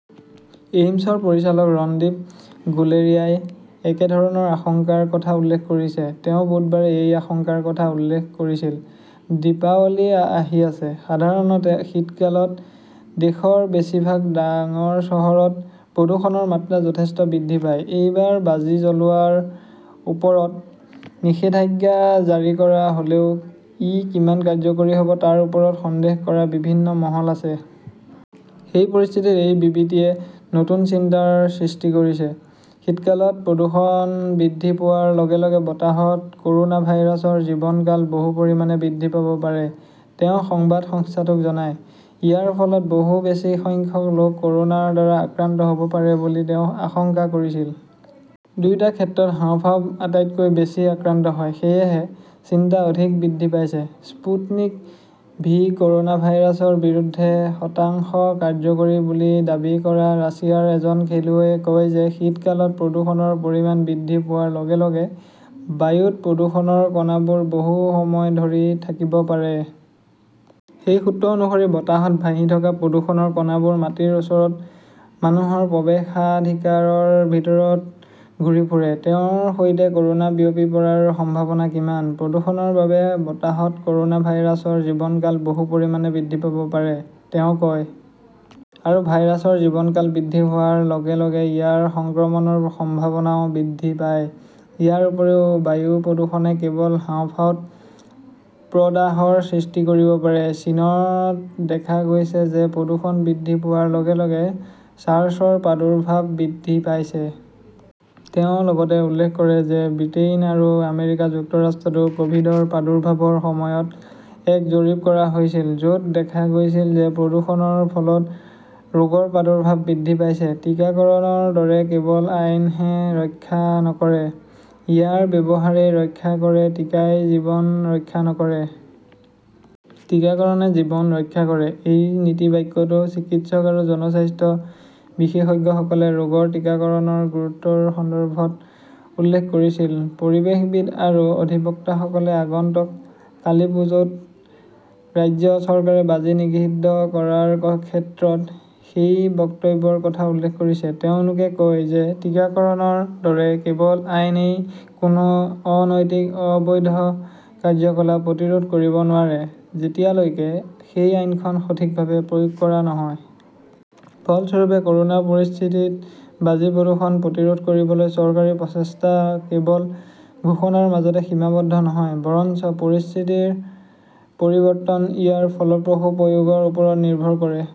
এইমছৰ পৰিচালক ৰণদীপ গুলেৰিয়াই একেধৰণৰ আশংকাৰ কথা উল্লেখ কৰিছে। তেওঁ বুধবাৰে এই আশংকাৰ কথা উল্লেখ কৰিছিল। দীপাৱলী আহি আছে। সাধাৰণতে শীতকালত দেশৰ বেছিভাগ ডাঙৰ চহৰত প্ৰদূষণৰ মাত্ৰা যথেষ্ট বৃদ্ধি পায়। এইবাৰ বাজি জ্বলোৱাৰ ওপৰত নিষেধাজ্ঞা জাৰি কৰা হলেও ই কিমান কাৰ্যকৰী হব তাৰ ওপৰত সন্দেহ কৰা বিভিন্ন মহল আছে। সেই পৰিস্থিতিত এই বিবৃতিয়ে নতুন চিন্তাৰ সৃষ্টি কৰিছে। শীতকালত প্ৰদূষণ বৃদ্ধি পোৱাৰ লগে-লগে বতাহত কৰোনা ভাইৰাছৰ জীৱনকাল বহু পৰিমাণে বৃদ্ধি পাব পাৰে, তেওঁ সংবাদ সংস্থাটোক জনায়। ইয়াৰ ফলত বহু বেছি সংখ্যক লোক কৰোনাৰ দ্বাৰা আক্ৰান্ত হব পাৰে বুলি তেওঁ আশংকা কৰিছিল। দুয়োটা ক্ষেত্ৰতে হাঁওফাঁও আটাইতকৈ বেছি আক্ৰান্ত হয়, সেয়েহে চিন্তা অধিক বৃদ্ধি পাইছে। স্পুটনিক ভি কৰ'না ভাইৰাছৰ বিৰুদ্ধে শতাংশ কাৰ্যকৰী বুলি দাবী কৰা ৰাছিয়াৰ এজন খেলুৱৈয়ে কয় যে শীতকালত প্ৰদূষণৰ পৰিমাণ বৃদ্ধি পোৱাৰ লগে-লগে বায়ুত প্ৰদূষণৰ কণাবোৰ বহু সময় ধৰি থাকিব পাৰে। সেই সূত্ৰ অনুসৰি, বতাহত ভাহি থকা প্ৰদূষণৰ কণাবোৰ মাটিৰ ওচৰত, মানুহৰ প্ৰৱেশাধিকাৰৰ ভিতৰত ঘূৰি ফুৰে। তেওঁৰ সৈতে কৰোনা বিয়পি পৰাৰ সম্ভাৱনা কিমান? প্ৰদূষণৰ বাবে বতাহত কৰোনা ভাইৰাছৰ জীৱনকাল বহু পৰিমাণে বৃদ্ধি পাব পাৰে, তেওঁ কয়। আৰু ভাইৰাছৰ জীৱনকাল বৃদ্ধি হোৱাৰ লগে-লগে ইয়াৰ সংক্ৰমণৰ সম্ভাৱনাও বৃদ্ধি পায়। ইয়াৰ উপৰিও বায়ু প্ৰদূষণে কেৱল হাঁওফাঁওত প্ৰদাহৰ সৃষ্টি কৰিব পাৰে। চীনত দেখা গৈছে যে প্ৰদূষণ বৃদ্ধি পোৱাৰ লগে-লগে চাৰ্চৰ প্ৰাদুৰ্ভাৱ বৃদ্ধি পাইছে। তেওঁ লগতে উল্লেখ কৰে যে ব্ৰিটেইন আৰু আমেৰিকা যুক্তৰাষ্ট্ৰতো কভিডৰ প্ৰাদুৰ্ভাৱৰ সময়ত এক জৰীপ কৰা হৈছিল, যত দেখা গৈছিল যে প্ৰদূষণৰ ফলত ৰোগৰ প্ৰাদুৰ্ভাৱ বৃদ্ধি পাইছে। 'টিকাকৰণৰ দৰে কেৱল আইনহে ৰক্ষা নকৰে, ইয়াৰ ব্যৱহাৰেই ৰক্ষা কৰে টিকাই জীৱন ৰক্ষা নকৰে। টিকাকৰণে জীৱন ৰক্ষা কৰে। এই নীতিবাক্যটো চিকিৎসক আৰু জনস্বাস্থ্য বিশেষজ্ঞসকলে ৰোগৰ টিকাকৰণৰ গুৰুত্বৰ সন্দৰ্ভত উল্লেখ কৰিছিল। পৰিৱেশবিদ আৰু অধিবক্তাসকলে আগন্তুক কালীপুজোত ৰাজ্য চৰকাৰে বাজি নিষিদ্ধ কৰাৰ ক্ষেত্ৰত সেই বক্তব্যৰ কথা উল্লেখ কৰিছে। তেওঁলোকে কয় যে টিকাকৰণৰ দৰে কেৱল আইনেই কোনো অনৈতিক, অবৈধ কাৰ্যকলাপ প্ৰতিৰোধ কৰিব নোৱাৰে, যেতিয়ালৈকে সেই আইনখন সঠিকভাৱে প্ৰয়োগ কৰা নহয়। ফলস্বৰূপে, কৰোনা পৰিস্থিতিত বাজি-প্ৰদূষণ প্ৰতিৰোধ কৰিবলৈ চৰকাৰী প্ৰচেষ্টা কেৱল ঘোষণাৰ মাজতে সীমাবদ্ধ নহয়, বৰঞ্চ পৰিস্থিতিৰ পৰিৱৰ্তন ইয়াৰ ফলপ্ৰসূ প্ৰয়োগৰ ওপৰত নিৰ্ভৰ কৰে।